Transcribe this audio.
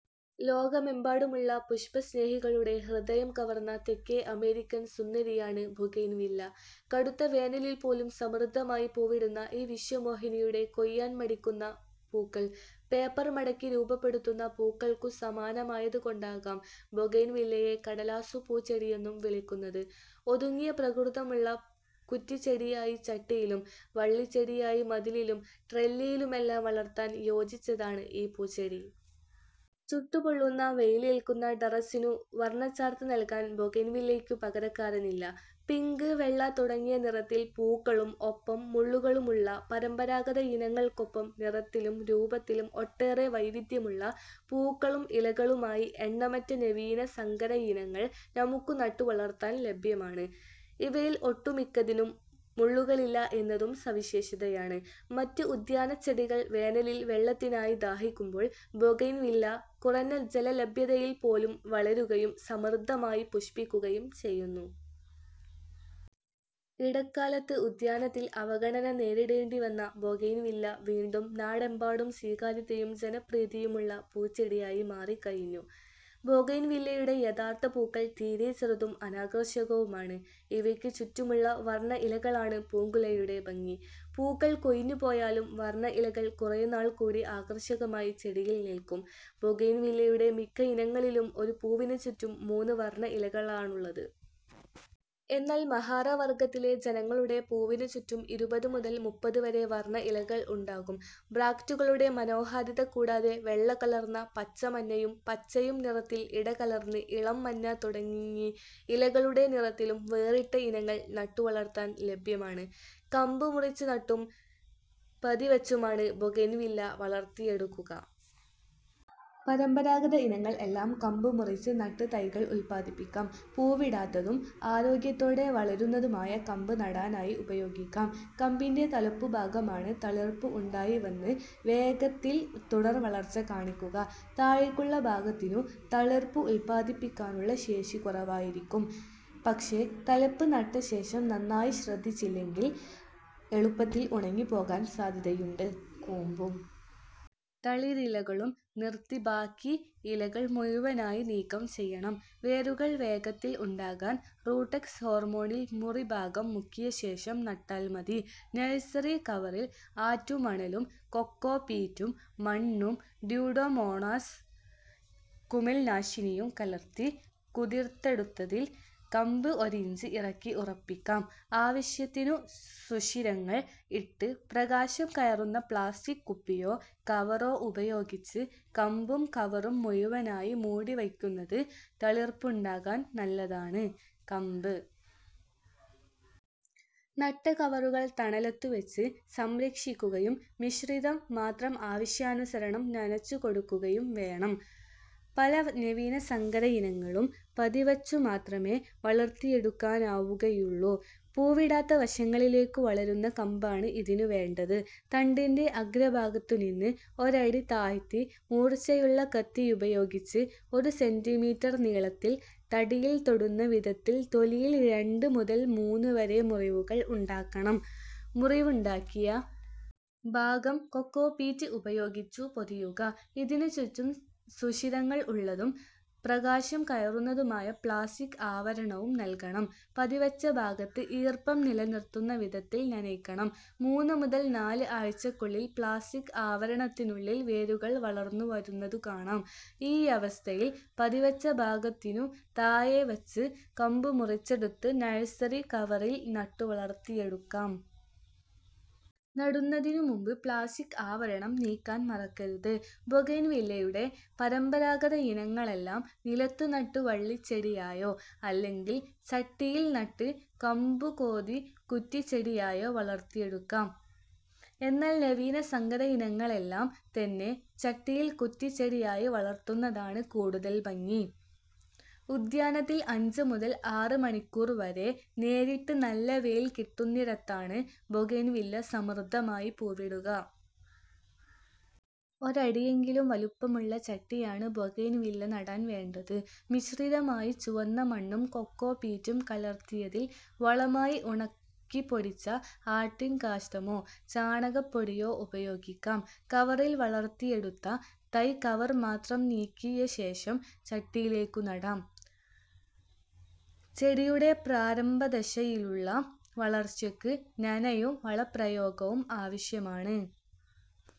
ലോകമെമ്പാടുമുള്ള പുഷ്പസ്നേഹികളുടെ ഹൃദയം കവർന്ന തെക്കേ അമേരിക്കൻ സുന്ദരിയാണ് ബൊഗെയ്ൻവില്ല. കടുത്ത വേനലിൽപോലും സമൃദ്ധമായി പൂവിടുന്ന ഈ വിശ്വമോഹിനിയുടെ കൊഴിയാൻ മടിക്കുന്ന പൂക്കൾ പേപ്പർ മടക്കി രൂപപ്പെടുത്തുന്ന പൂക്കൾക്കു സമാനമായതുകൊണ്ടാകാം ബൊഗെയ്ൻവില്ലയെ കടലാസുപൂച്ചെടിയെന്നും വിളിക്കുന്നത്. ഒതുങ്ങിയ പ്രകൃതമുള്ള കുറ്റിച്ചെടിയായി ചട്ടിയിലും വള്ളിച്ചെടിയായി മതിലിലും ട്രെല്ലിയിലുമെല്ലാം വളർത്താൻ യോജിച്ചതാണ് ഈ പൂച്ചെടി. ചുട്ടുപൊള്ളുന്ന വെയിലേൽക്കുന്ന ടെറസ്സിനു വർണച്ചാർത്ത് നൽകാൻ ബൊഗെയ്ൻവില്ലയ്ക്കു പകരക്കാരനില്ല. പിങ്ക് വെള്ള തുടങ്ങിയ നിറത്തിലുള്ള പൂക്കളും ഒപ്പം മുള്ളുകളുമുള്ള പരമ്പരാഗതയിനങ്ങൾക്കൊപ്പം നിറത്തിലും രൂപത്തിലും ഒട്ടേറെ വൈവിധ്യമുള്ള പൂക്കളും ഇലകളുമായി എണ്ണമറ്റ നവീന സങ്കരയിനങ്ങൾ നമുക്കു നട്ടുവളർത്താൻ ലഭ്യമാണ്. ഇവയിൽ ഒട്ടുമിക്കതിനും മുള്ളുകളില്ല എന്നതും സവിശേഷതയാണ്. മറ്റ് ഉദ്യാനച്ചെടികൾ വേനലിൽ വെള്ളത്തിനായി ദാഹിക്കുമ്പോൾ ബൊഗെയ്ൻവില്ല കുറഞ്ഞ ജലലഭ്യതയിൽപോലും വളരുകയും സമൃദ്ധമായി പുഷ്പിക്കുകയും ചെയ്യുന്നു. ഇടക്കാലത്ത് ഉദ്യാനത്തിൽ അവഗണന നേരിടേണ്ടിവന്ന ബൊഗെയ്ൻവില്ല വീണ്ടും നാടെമ്പാടും സ്വീകാര്യതയും ജനപ്രീതിയുമുള്ള പൂച്ചെടിയായി മാറിക്കഴിഞ്ഞു. ബൊഗെയ്ൻവില്ലയുടെ യഥാർഥ പൂക്കൾ തീരെ ചെറുതും അനാകർഷകവുമാണ്. ഇവയ്ക്കു ചുറ്റുമുള്ള വർണ ഇലകളാണ് പൂങ്കുലയുടെ ഭംഗി. പൂക്കൾ കൊഴിഞ്ഞുപോയാലും വർണ ഇലകൾ കുറേനാൾ കൂടി ആകർഷകമായി ചെടിയിൽ നിൽക്കും. ബൊഗെയ്ൻവില്ലയുടെ മിക്കയിനങ്ങളിലും ഒരു പൂവിനു ചുറ്റും മൂന്ന് വർണ ഇലകളാണുള്ളത്. എന്നാൽ മഹാറാ വർഗത്തിലെ ഇനങ്ങളുടെ പൂവിനു ചുറ്റും ഇരുപത് മുതൽ മുപ്പത് വരെ വർണ ഇലകൾ ഉണ്ടാകും. ബ്രാക്റ്റുകളുടെ മനോഹാരിത കൂടാതെ വെള്ളകലർന്ന പച്ച മഞ്ഞയും പച്ചയും നിറത്തിൽ ഇടകലർന്നത് ഇളം മഞ്ഞ തുടങ്ങി ഇലകളുടെ നിറത്തിലും വേറിട്ട ഇനങ്ങൾ നട്ടുവളർത്താൻ ലഭ്യമാണ്. കമ്പ് മുറിച്ചു നട്ടും പതിവച്ചുമാണ് ബൊഗെയ്ൻവില്ല വളർത്തിയെടുക്കുക. പരമ്പരാഗത ഇനങ്ങൾ എല്ലാം കമ്പുമുറിച്ച് നട്ട് തൈകൾ ഉൽപാദിപ്പിക്കാം. പൂവിടാത്തതും ആരോഗ്യത്തോടെ വളരുന്നതുമായ കമ്പ് നടാനായി ഉപയോഗിക്കാം. കമ്പിന്റെ തലപ്പുഭാഗമാണ് തളിർപ്പ് ഉണ്ടായിവന്ന് വേഗത്തിൽ തുടർവളർച്ച കാണിക്കുക. താഴേക്കുള്ള ഭാഗത്തിനു തളിർപ്പ് ഉൽപാദിപ്പിക്കാനുള്ള ശേഷി കുറവായിരിക്കും. പക്ഷേ തലപ്പ് നട്ടശേഷം നന്നായി ശ്രദ്ധിച്ചില്ലെങ്കിൽ എളുപ്പത്തിൽ ഉണങ്ങിപ്പോകാൻ സാധ്യതയുണ്ട്. കൂമ്പും തളിരിലകളും നിർത്തി ബാക്കി ഇലകൾ മുഴുവനായി നീക്കം ചെയ്യണം. വേരുകൾ വേഗത്തിൽ ഉണ്ടാകാൻ റൂട്ടെക്സ് ഹോർമോണിൽ മുറിഭാഗം മുക്കിയശേഷം നട്ടാൽ മതി. നഴ്സറി കവറിൽ ആറ്റുമണലും കൊക്കോപീറ്റും മണ്ണും സ്യൂഡോമോണാസ് കുമിൾനാശിനിയും കലർത്തി കുതിർത്തെടുത്തതിൽ കമ്പ് ഒരിഞ്ച് ഇറക്കി ഉറപ്പിക്കാം. ആവശ്യത്തിനു സുഷിരങ്ങൾ ഇട്ട് പ്രകാശം കയറുന്ന പ്ലാസ്റ്റിക് കുപ്പിയോ കവറോ ഉപയോഗിച്ച് കമ്പും കവറും മുഴുവനായി മൂടിവയ്ക്കുന്നത് തളിർപ്പുണ്ടാകാൻ നല്ലതാണ്. കമ്പ് നട്ട കവറുകൾ തണലത്തുവച്ച് സംരക്ഷിക്കുകയും മിശ്രിതം മാത്രം ആവശ്യാനുസരണം നനച്ചുകൊടുക്കുകയും വേണം. പല നവീന സങ്കരയിനങ്ങളും പതിവച്ചുമാത്രമേ വളർത്തിയെടുക്കാനാവുകയുള്ളൂ. പൂവിടാത്ത വശങ്ങളിലേക്കു വളരുന്ന കമ്പാണ് ഇതിനു വേണ്ടത്. തണ്ടിന്റെ അഗ്രഭാഗത്തുനിന്ന് ഒരടി താഴ്ത്തി മൂർച്ചയുള്ള കത്തിയുപയോഗിച്ച് ഒരു സെന്റിമീറ്റർ നീളത്തിൽ തടിയിൽ തൊടുന്ന വിധത്തിൽ തൊലിയിൽ രണ്ട് മുതൽ മൂന്ന് വരെ മുറിവുകൾ ഉണ്ടാക്കണം. മുറിവുണ്ടാക്കിയ ഭാഗം കൊക്കോപീറ്റ് ഉപയോഗിച്ചു പൊതിയുക. ഇതിനു ചുറ്റും സുഷിരങ്ങൾ ഉള്ളതും പ്രകാശം കയറുന്നതുമായ പ്ലാസ്റ്റിക് ആവരണവും നൽകണം. പതിവച്ച ഭാഗത്ത് ഈർപ്പം നിലനിർത്തുന്ന വിധത്തിൽ നനയ്ക്കണം. മൂന്ന് മുതൽ നാല് ആഴ്ചയ്ക്കുള്ളിൽ പ്ലാസ്റ്റിക് ആവരണത്തിനുള്ളിൽ വേരുകൾ വളർന്നുവരുന്നതു കാണാം. ഈയവസ്ഥയിൽ പതിവച്ച ഭാഗത്തിനു താഴെവച്ച് കമ്പു മുറിച്ചെടുത്ത് നഴ്സറി കവറിൽ നട്ടു വളർത്തിയെടുക്കാം. നടുന്നതിനു മുൻപ് പ്ലാസ്റ്റിക് ആവരണം നീക്കാൻ മറക്കരുത്. ബൊഗെയ്ൻവില്ലയുടെ പരമ്പരാഗതയിനങ്ങളെല്ലാം നിലത്തു നട്ട് വള്ളിച്ചെടിയായോ അല്ലെങ്കിൽ ചട്ടിയിൽ നട്ട് കമ്പുകോതി കുറ്റിച്ചെടിയായോ വളർത്തിയെടുക്കാം. എന്നാൽ നവീന സങ്കരയിനങ്ങളെല്ലാം തന്നെ ചട്ടിയിൽ കുറ്റിച്ചെടിയായി വളർത്തുന്നതാണ് കൂടുതൽ ഭംഗി. ഉദ്യാനത്തിൽ അഞ്ച് മുതൽ ആറ് മണിക്കൂർ വരെ നേരിട്ട് നല്ല വെയിൽ കിട്ടുന്നിടത്താണ് ബൊഗെയ്ൻവില്ല സമൃദ്ധമായി പൂവിടുക. ഒരടിയെങ്കിലും വലുപ്പമുള്ള ചട്ടിയാണ് ബൊഗെയ്ൻവില്ല നടാൻ വേണ്ടത്. മിശ്രിതമായി ചുവന്ന മണ്ണും കൊക്കോപീറ്റും കലർത്തിയതിൽ വളമായി ഉണക്കിപ്പൊടിച്ച ആട്ടിൻകാഷ്ഠമോ ചാണകപ്പൊടിയോ ഉപയോഗിക്കാം. കവറിൽ വളർത്തിയെടുത്ത തൈ കവർ മാത്രം നീക്കിയശേഷം ചട്ടിയിലേക്കു നടാം. ചെടിയുടെ പ്രാരംഭദശയിലുള്ള വളർച്ചയ്ക്ക് നനയും വളപ്രയോഗവും ആവശ്യമാണ്.